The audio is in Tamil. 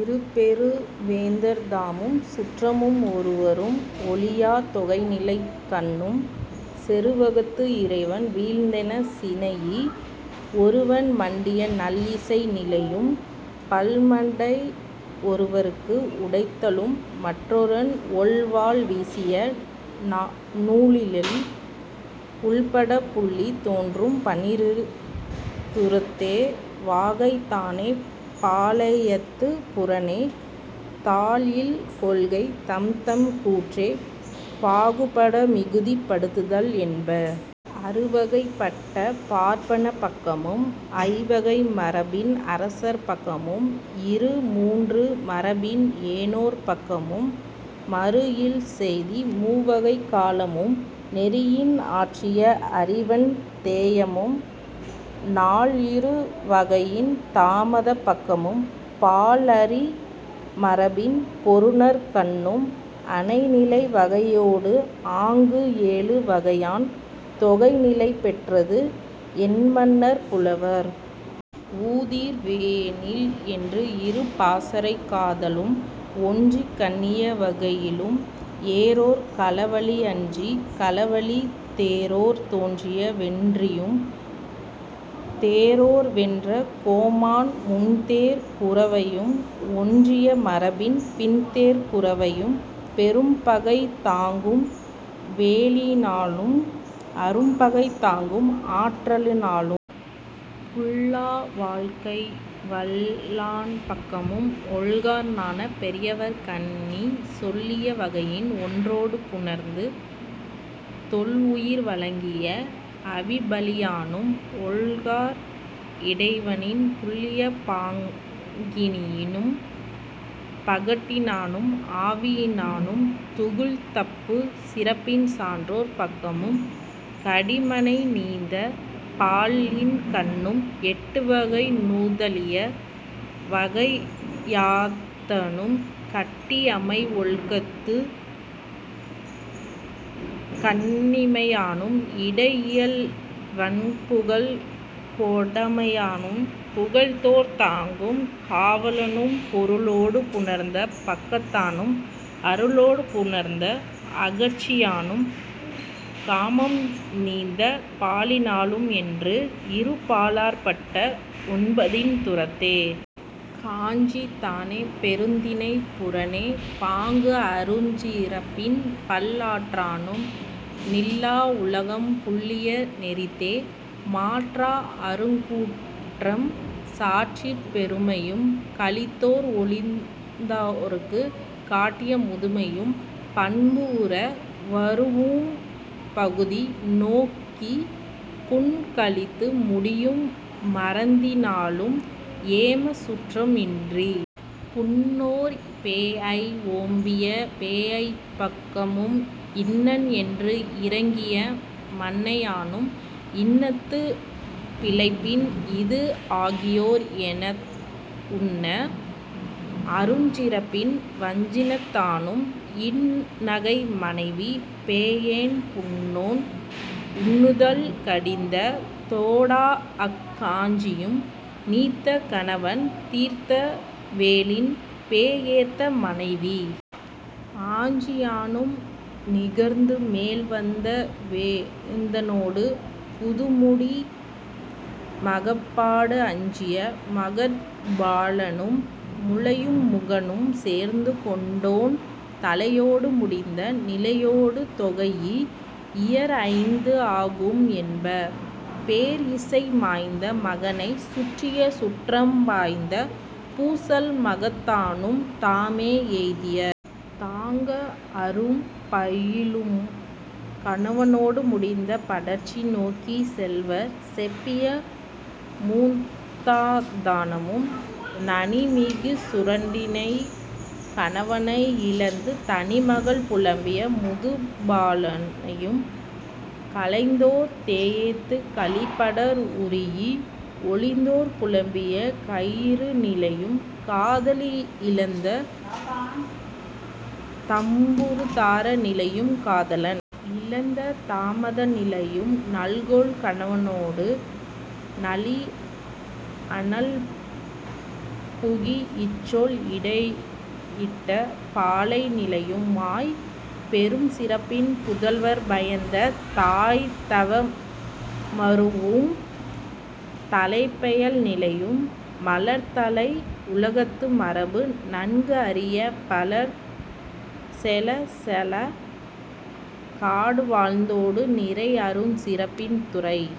இரு பெரு வேந்தர்தாமும் சுற்றமும் ஒருவரும் ஒழியாத் தொகைநிலைக்கண்ணும் செருவகத்து இறைவன் வீழ்ந்தென சினைஇ ஒருவன் மண்டிய நல் இசை நிலையும் பல் படை ஒருவற்கு உடைதலின் மற்றவன் ஒள் வாள் வீசிய நூழிலும் உளப்படப் புல்லித் தோன்றும் பன்னிரு துறைத்தே. வாகைதானே பாலையது புறனே தா இல் கொள்கைத் தம்தம் கூற்றைப் பாகுபட மிகுதிப் படுத்தல் என்ப. அறு வகைப் பட்ட பார்ப்பனப் பக்கமும் ஐ வகை மரபின் அரசர் பக்கமும் இரு மூன்று மரபின் ஏனோர் பக்கமும் மறு இல் செய்தி மூ வகைக் காலமும் நெறியின் ஆற்றிய அறிவன் தேயமும் நால் இரு வகையின தாபதப் பக்கமும் பால் அறி மரபின் பொருநர்கண்ணும் அனை நிலை வகையொடு ஆங்கு எழு வகையான் தொகை நிலைபெற்றது என்மனார் புலவர். கூதிர் வேனில் என்று இரு பாசறைக் காதலுன் ஒன்றிக் கண்ணிய வகையினும் ஏரோர் களவழி அன்றி களவழித் தேரோர் தோற்றிய வென்றியும் தேரோர் வென்ற கோமான் முன்தேர்க் குரவையும் ஒன்றிய மரபின் பின்தேர்க் குரவையும் பெரும் பகை தாங்கும் வேலினானும் அரும் பகை தாங்கும் ஆற்றலானும் புல்லா வாழ்க்கை வல்லாண் பக்கமும் ஒல்லார் நாண பெரியவர்க் கண்ணிச் சொல்லிய வகையின் ஒன்றொடு புணர்ந்து தொல் உயிர் வழங்கிய அவிப்பலியானும் ஒல்லார் இடவயின் புல்லிய பாங்கினும் பகட்டினானும் ஆவினானும் துகள் தபு சிறப்பின் சான்றோர் பக்கமும் கடி மனை நீத்த பாலின்கண்ணும் எட்டு வகை நுதலிய அவையகத்தானும் கட்டு அமை ஒழுக்கத்துக் கண்ணுமையானும் இடை இல் வண் புகழ்க் கொடைமையானும் புகழ்தோர்த் தாங்கும் காவலனும் பொருளொடு புணர்ந்த பக்கத்தானும் அருளொடு புணர்ந்த அகற்சியானும் காமம் நீத்த பாலினானும் என்று இரு பாலாற் பட்ட ஒன்பதின் துறைத்தே. காஞ்சிதானே பெருந்திணைப் புறனே பாங்கு அருஞ் சிறப்பின் பல் ஆற்றானும் நில்லா உலகம் புல்லிய நெறித்தே. மாற்ற அருங் கூற்றம் சாற்றிய பெருமையும் கழிந்தோர் ஒழிந்தோர்க்குக் காட்டிய முதுமையும் பண்பு உற வரூஉம் பகுதி நோக்கிப் புண் கழித்து முடியும் மறத்தினாலும் ஏமச் சுற்றம் இன்றிப் புண்ணோற் பேஎய் ஓம்பிய பேஎய்ப் பக்கமும் இன்னன் என்று இரங்கிய மன்னையானும் இன்னது பிழைப்பின் இது ஆகியர் எனத் துன்ன அருஞ் சிறப்பின் வஞ்சினத்தானும் இன் நகை மனைவி பேஎய் புண்ணோன் துன்னுதல் கடிந்த தொடாஅக் காஞ்சியும் நீத்த கணவன் தீர்த்த வேலின் பேஎத்த மனைவி ஆஞ்சியானும் நிகர்த்து மேல் வந்த வேந்தனொடு முதுகுடி மகட்பாடு அஞ்சிய மகட்பாலனும் முலையும் முகனும் சேர்த்திக் கொண்டோ ன் தலையொடு முடிந்த நிலையொடு தொகைஇ ஈர் ஐந்து ஆகும் என்ப பேர் இசை மாய்ந்த மகனைச் சுற்றிய சுற்றம் மாய்ந்த பூசல் மயக்கத்தானும் தாமே எய்திய தாங்க அரும் பையுளும் கணவனொடு முடிந்த படர்ச்சி நோக்கிச் செல்வர் செப்பிய மூதான்தானமும் நனி மிகு சுரத்திடைக் கணவனை இழந்து தனி மகள் புலம்பிய முதுபாலையும் கழிந்தோர் தேஎத்துக் கழி படர் உறீஇ ஒழிந்தோர் புலம்பிய கையறு நிலையும் காதலி இழந்த தபுதார நிலையும் காதலன் இழந்த தாபத நிலையும் நல்லோள் கணவனொடு நளி அழல் புகீஇச் சொல் இடையிட்ட பாலை நிலையும் மாய் பெருஞ் சிறப்பின் புதல்வற் பயந்த தாய் தப வரூஉம் தலைப்பெயல் நிலையும் மலர் தலை உலகத்து மரபு நன்கு அறியப் பலர் செலச் செல்லாக் காடு வாழ்த்தொடு நிறை அருஞ் சிறப்பின் துறை